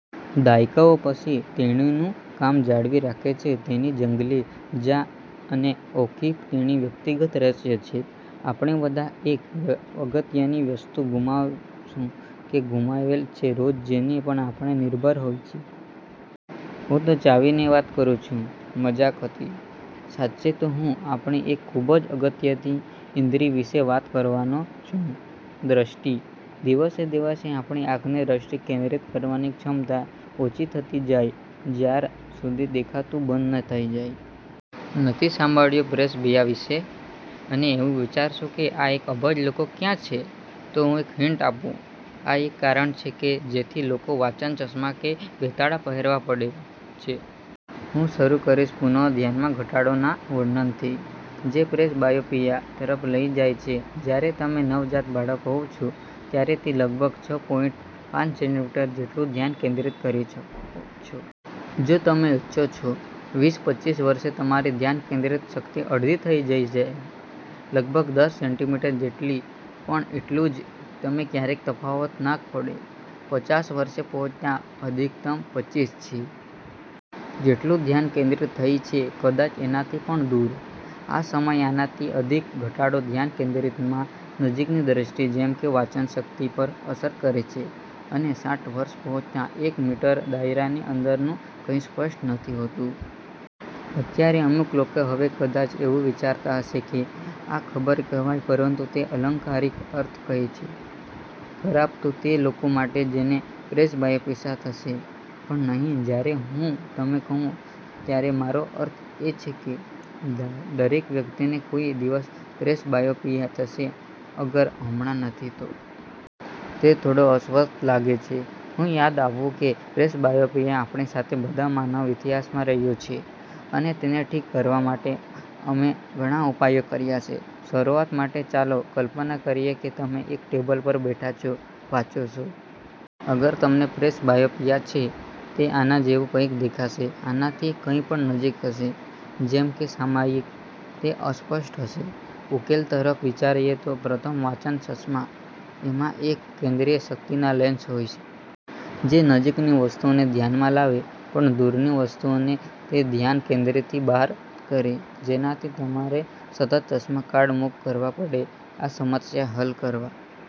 દાયકાઓ પછી, તેણીનું કામ જાળવી રાખે છે તેની જંગલી —ર્જા અને ઓ'કિફ તેણીનો વ્યક્તિગત રહસ્ય છે. આપણે બધા એક અગત્ય ની વસ્તુ ગુમાવશું કે ઘૂમાવેયે છે રોજ જેની પર આપણે નિર્ભર હોય છે. હું તો ચાવી ની વાત કરું છું. મજાક હતી. સાચ્ચે તો હું આપણી એક ખુબજ અગત્ય ઈન્દ્રી વિશે વાત કરવા નો છું: દ્રષ્ટિ. દિવસે દિવસે આપણી આંખની ધ્યાન કેન્દ્રીત કરવાની ક્ષમતા ઓછી થતી જાય જ્યાર સુધી દેખાતું બંધ ન થઈ જાય. નથી સાંભળ્યું પ્રેસબાયોપીયા વિષે, અને એવું વિચારોછો કે, આ બે અબજ લોકો છે ક્યાં? " તો હું એક હિન્ટ આપું, આ એજ કારણ છે જે થી લોકો ને વાંચન ચશ્માં કે બેતાળાં પહેરવા પડે છે. હું શરું કરીશ પુનઃ ધ્યાન માં ઘટાડો ના વર્ણન થી, જે પ્રેસબાયોપીયા તરફ લઇ જાય છે. જયારે તમે નવ જાત બાળક હોવ છો ત્યારે તમે લગભગ છ પોઈન્ટ પાંચ સેન્ટીમીટર જેટલું ધ્યાન કેન્દ્રિત કરો છો। જો તમે ઈચ્છો તો. વિસ-પચીસ વર્ષે તમારી ધ્યાન કેન્દ્રિત શક્તિ અડધી થઇ જાયે છે. લગભગ દસ સેન્ટીમીટર જેટલી, પણ એટલું કે તમે ક્યારે તફાવત ખબર ના પડે। પચાસ વર્ષે પહોંચતા, અધિકતમ પચીસ સી। એમ. જેટલું ધ્યાન કેન્દ્રિત થઇ છે, કદાચ એના થી પણ દૂર. આ સમય આના થી અધિક ઘટાડો ધ્યાન કેન્દ્રિતમાં નજીકની દ્રષ્ટિ જેમકે વાંચન શક્તિ પર અસર કરે છે, અને સાઠ વર્ષે પહોંચતા, એક મીટરના દાયરા ની અંદર નુ કંઈ સ્પષ્ટ નથી હોતું. અત્યારે અમુક લોકો હવે કદાચ એવું વિચારતા હશે કે આ ખરાબ કહેવાય પરંતુ તે તો અલંકારિક અર્થમાં કહે છે, ખરાબ તો તે લોકો માટે જેને પ્રેસબાયોપીયા થશે. પણ નહિ, જયારે હું તમે કહું, ત્યારે મારો અર્થ એમ છે કે દરેક વ્યક્તિ ને કોઈક દિવસ પ્રેસબાયોપીયા થશે અગર હમણાં નથી તો. તે થોડો અસ્વસ્થ લાગે છે. હું યાદ આપવું કે પ્રેસબાયોપીયા આપણી સાથે બધા માનવ ઇતિહાસ માં રહ્યુ છે, અને તેને ઠીક કરવા માટે અમે ઘણા ઉપાયો કર્યા છે. શરુવાત માટે, ચાલો કલ્પના કરીએ કે તમે એક ટેબલ પર બેઠા છો, વાંચો છો. અગર તમને પ્રેસબાયોપીયા છે, તે આના જેવું કંઈક દેખાશે. આનાથી કઈ પણ નજીક હશે, જેમ કે સામાયિક, તે અસ્પષ્ટ હશે। ઉકેલ તરફ વિચારીએ તો. પ્રથમ, વાંચન ચશ્મા। એમાં એક કેન્દ્રીય શક્તિ ના લેન્સ હોય. જે નજીક ની વસ્તુઓ ને ધ્યાન માં લાવે. પણ દૂર ની વસ્તુઓ તે ધ્યાન કેન્દ્ર થી બહાર કરે, જેના થી તમારે સતત ચશ્માં કાઢ મૂક કરવા પડે. આ સમસ્યા હલ કરવા